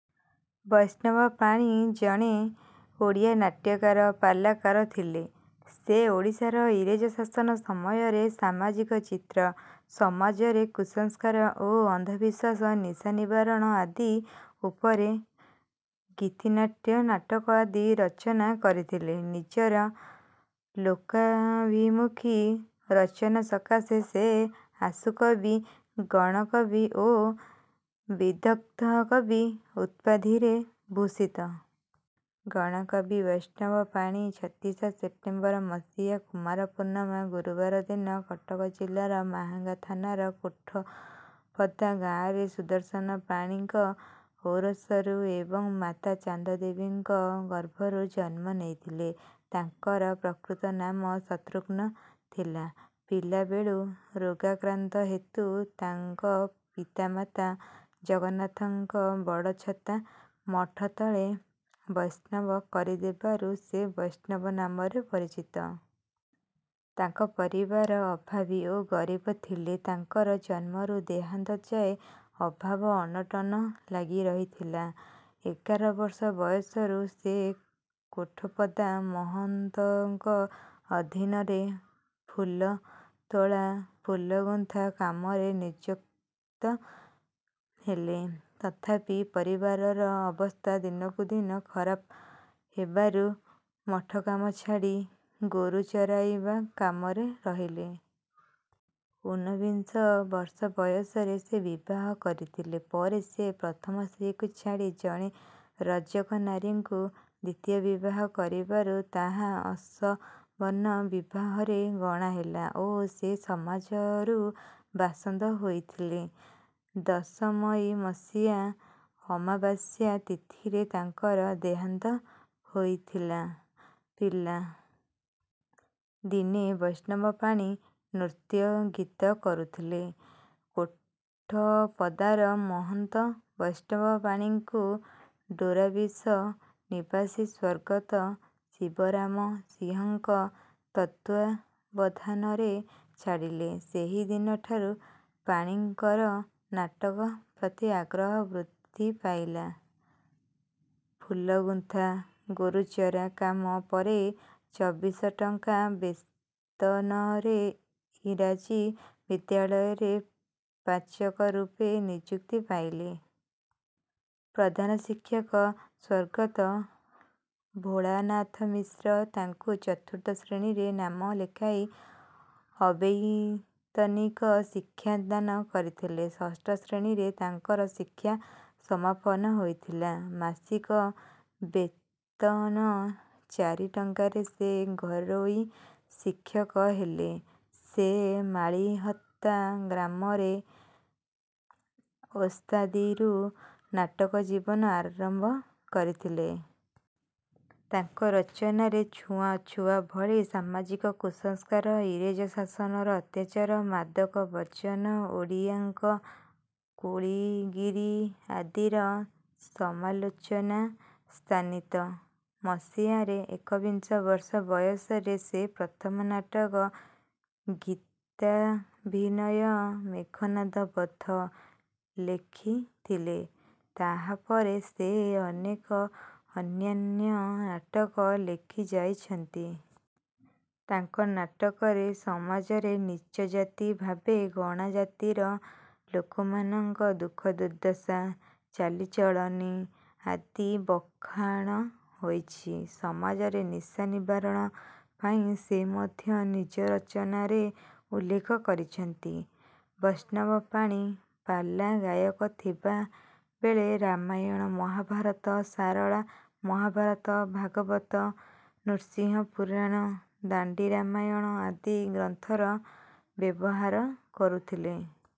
ବୈଷ୍ଣବ ପାଣି ଜଣେ ଓଡ଼ିଆ ନାଟ୍ୟକାର, ପାଲାକାର ଥିଲେ। ସେ ଓଡ଼ିଶାର ଇରେଜ ଶାସନ ସମୟରେ ସାମାଜିକ ଚିତ୍ର, ସମାଜରେ କୁସଂସ୍କାର ଓ ଅନ୍ଧବିଶ୍ୱାସ, ନିଶା ନିବାରଣ ଆଦି ଉପରେ ଗୀତିନାଟ୍ୟ, ନାଟକ ଆଦି ରଚନା କରିଥିଲେ। ନିଜର ଲୋକାଭିମୁଖୀ ରଚନା ସକାଶେ ସେ "ଆଶୁକବି", "ଗଣକବି" ଓ "ବିଦଗ୍ଧ କବି" ଉପାଧିରେ ଭୂଷିତ। ଗଣକବି ବୈଷ୍ଣବ ପାଣି ଛବିଶ ସେପ୍ଟେମ୍ବର ମସିହା, କୁମାର ପୂର୍ଣ୍ଣମା ଗୁରୁବାର ଦିନ କଟକ ଜିଲ୍ଲାର ମାହାଙ୍ଗା ଥାନାର କୋଠପଦା ଗାଁରେ ସୁଦର୍ଶନ ପାଣିଙ୍କ ଔରସରୁ ଏବଂ ମାତା ଚାନ୍ଦଦେବୀଙ୍କ ଗର୍ଭରୁ ଜନ୍ମ ନେଇଥିଲେ। ତାଙ୍କର ପ୍ରକୃତ ନାମ ଶତ୍ରୁଘ୍ନ ଥିଲା। ପିଲାବେଳୁ ରୋଗାକ୍ରାନ୍ତ ହେତୁ ତାଙ୍କ ପିତାମାତା ଜଗନ୍ନାଥଙ୍କ ବଡ଼ଛତା ମଠ ତଳେ ବୈଷ୍ଣବ କରିଦେବାରୁ ସେ ବୈଷ୍ଣବ ନାମରେ ପରିଚିତ। ତାଙ୍କ ପରିବାର ଅଭାବୀ ଓ ଗରିବ ଥିଲେ। ତାଙ୍କର ଜନ୍ମରୁ ଦେହାନ୍ତ ଯାଏଁ ଅଭାବ ଅନଟନ ଲାଗିରହିଥିଲା। ଏଗାର ବର୍ଷ ବୟସରୁ ସେ କୋଠପଦା ମହନ୍ତଙ୍କ ଅଧୀନରେ ଫୁଲତୋଳା, ଫୁଲଗୁନ୍ଥା କାମରେ ନିଯୁକ୍ତ ହେଲେ। ତଥାପି ପରିବାରର ଅବସ୍ଥା ଦିନକୁ ଦିନ ଖରାପ ହେବାରୁ ମଠକାମ ଛାଡ଼ି ଗୋରୁ ଚରାଇବା କାମରେ ରହିଲେ। ଉନବିଂଶ ବର୍ଷ ବୟସରେ ସେ ବିବାହ କରିଥିଲେ। ପରେ ସେ ପ୍ରଥମ ସ୍ତ୍ରୀଙ୍କୁ ଛାଡ଼ି ଜଣେ ରଜକ ନାରୀଙ୍କୁ ଦ୍ୱିତୀୟ ବିବାହ କରିବାରୁ ତାହା ଅସବର୍ଣ୍ଣ ବିବାହରେ ଗଣା ହେଲା ଓ ସେ ସମାଜରୁ ବାସନ୍ଦ ହୋଇଥିଲେ। ଦଶ ମଇ ମସିହା ଅମାବାସ୍ୟା ତିଥିରେ ତାଙ୍କର ଦେହାନ୍ତ ହୋଇଥିଲା। ପିଲା ଦିନେ ବୈଷ୍ଣବ ପାଣି ନୃତ୍ୟଗୀତ କରୁଥିଲେ। କୋଠପଦାର ମହନ୍ତ ବୈଷ୍ଣବ ପାଣିଙ୍କୁ ଡୋରାବିଶ ନିବାସୀ ସ୍ୱର୍ଗତ ଶିବରାମ ସିଂହଙ୍କ ତତ୍ତ୍ୱାବଧାନରେ ଛାଡ଼ିଲେ। ସେହିଦିନଠାରୁ ପାଣିଙ୍କର ନାଟକ ପ୍ରତି ଆଗ୍ରହ ବୃଦ୍ଧି ପାଇଲା। ଫୁଲଗୁନ୍ଥା, ଗୋରୁଚରା କାମ ପରେ ଚବିଶ ଟଙ୍କା ବେତନରେ ଇଂରାଜୀ ବିଦ୍ୟାଳୟରେ ପାଚକରୂପେ ନିଯୁକ୍ତି ପାଇଲେ। ପ୍ରଧାନ ଶିକ୍ଷକ ସ୍ୱର୍ଗତ ଭୋଳାନାଥ ମିଶ୍ର ତାଙ୍କୁ ଚତୁର୍ଥ ଶ୍ରେଣୀରେ ନାମ ଲେଖାଇ ଅବୈତନିକ ଶିକ୍ଷା ଦାନ କରିଥିଲେ। ଷଷ୍ଠ ଶ୍ରେଣୀରେ ତାଙ୍କର ଶିକ୍ଷା ସମାପନ ହୋଇଥିଲା। ମାସିକ ବେତନ ଚାରି ଟଙ୍କାରେ ସେ ଘରୋଇ ଶିକ୍ଷକ ହେଲେ। ସେ ମାଳିହତା ଗ୍ରାମରେ ଓସ୍ତାଦିରୁ ନାଟକ ଜୀବନ ଆରମ୍ଭ କରିଥିଲେ। ତାଙ୍କ ରଚନାରେ ଛୁଆଁଅଛୁଆଁ ଭଳି ସାମାଜିକ କୁସଂସ୍କାର, ଇଂରେଜ ଶାସନର ଅତ୍ୟାଚାର, ମାଦକ ବର୍ଜନ, ଓଡ଼ିଆଙ୍କ କୁଳିଗିରି ଆଦିର ସମାଲୋଚନା ସ୍ଥାନିତ। ମସିହାରେ, ଏକବିଂଶ ବର୍ଷ ବୟସରେ ସେ ପ୍ରଥମ ନାଟକ ଗୀତାଭିନୟ 'ମେଘନାଦ ବଧ' ଲେଖିଥିଲେ। ତାହାପରେ ସେ ଅନେକ ଅନ୍ୟାନ୍ୟ ନାଟକ ଲେଖିଯାଇଛନ୍ତି। ତାଙ୍କ ନାଟକରେ ସମାଜରେ ନୀଚ ଜାତି ଭାବେ ଗଣା ଜାତିର ଲୋକମାନଙ୍କ ଦୁଃଖ-ଦୁର୍ଦ୍ଦଶା, ଚାଲିଚଳଣି ଆଦି ବଖାଣ ହୋଇଛି। ସମାଜରେ ନିଶା ନିବାରଣ ପାଇଁ ସେ ମଧ୍ୟ ନିଜ ରଚନାରେ ଉଲ୍ଲେଖ କରିଛନ୍ତି। ବୈଷ୍ଣବ ପାଣି ପାଲା ଗାୟକ ଥିବାବେଳେ ରାମାୟଣ, ମହାଭାରତ, ସାରଳା ମହାଭାରତ, ଭାଗବତ, ନୃସିଂହପୁରାଣ, ଦାଣ୍ଡି ରାମାୟଣ ଆଦି ଗ୍ରନ୍ଥର ବ୍ୟବହାର କରୁଥିଲେ।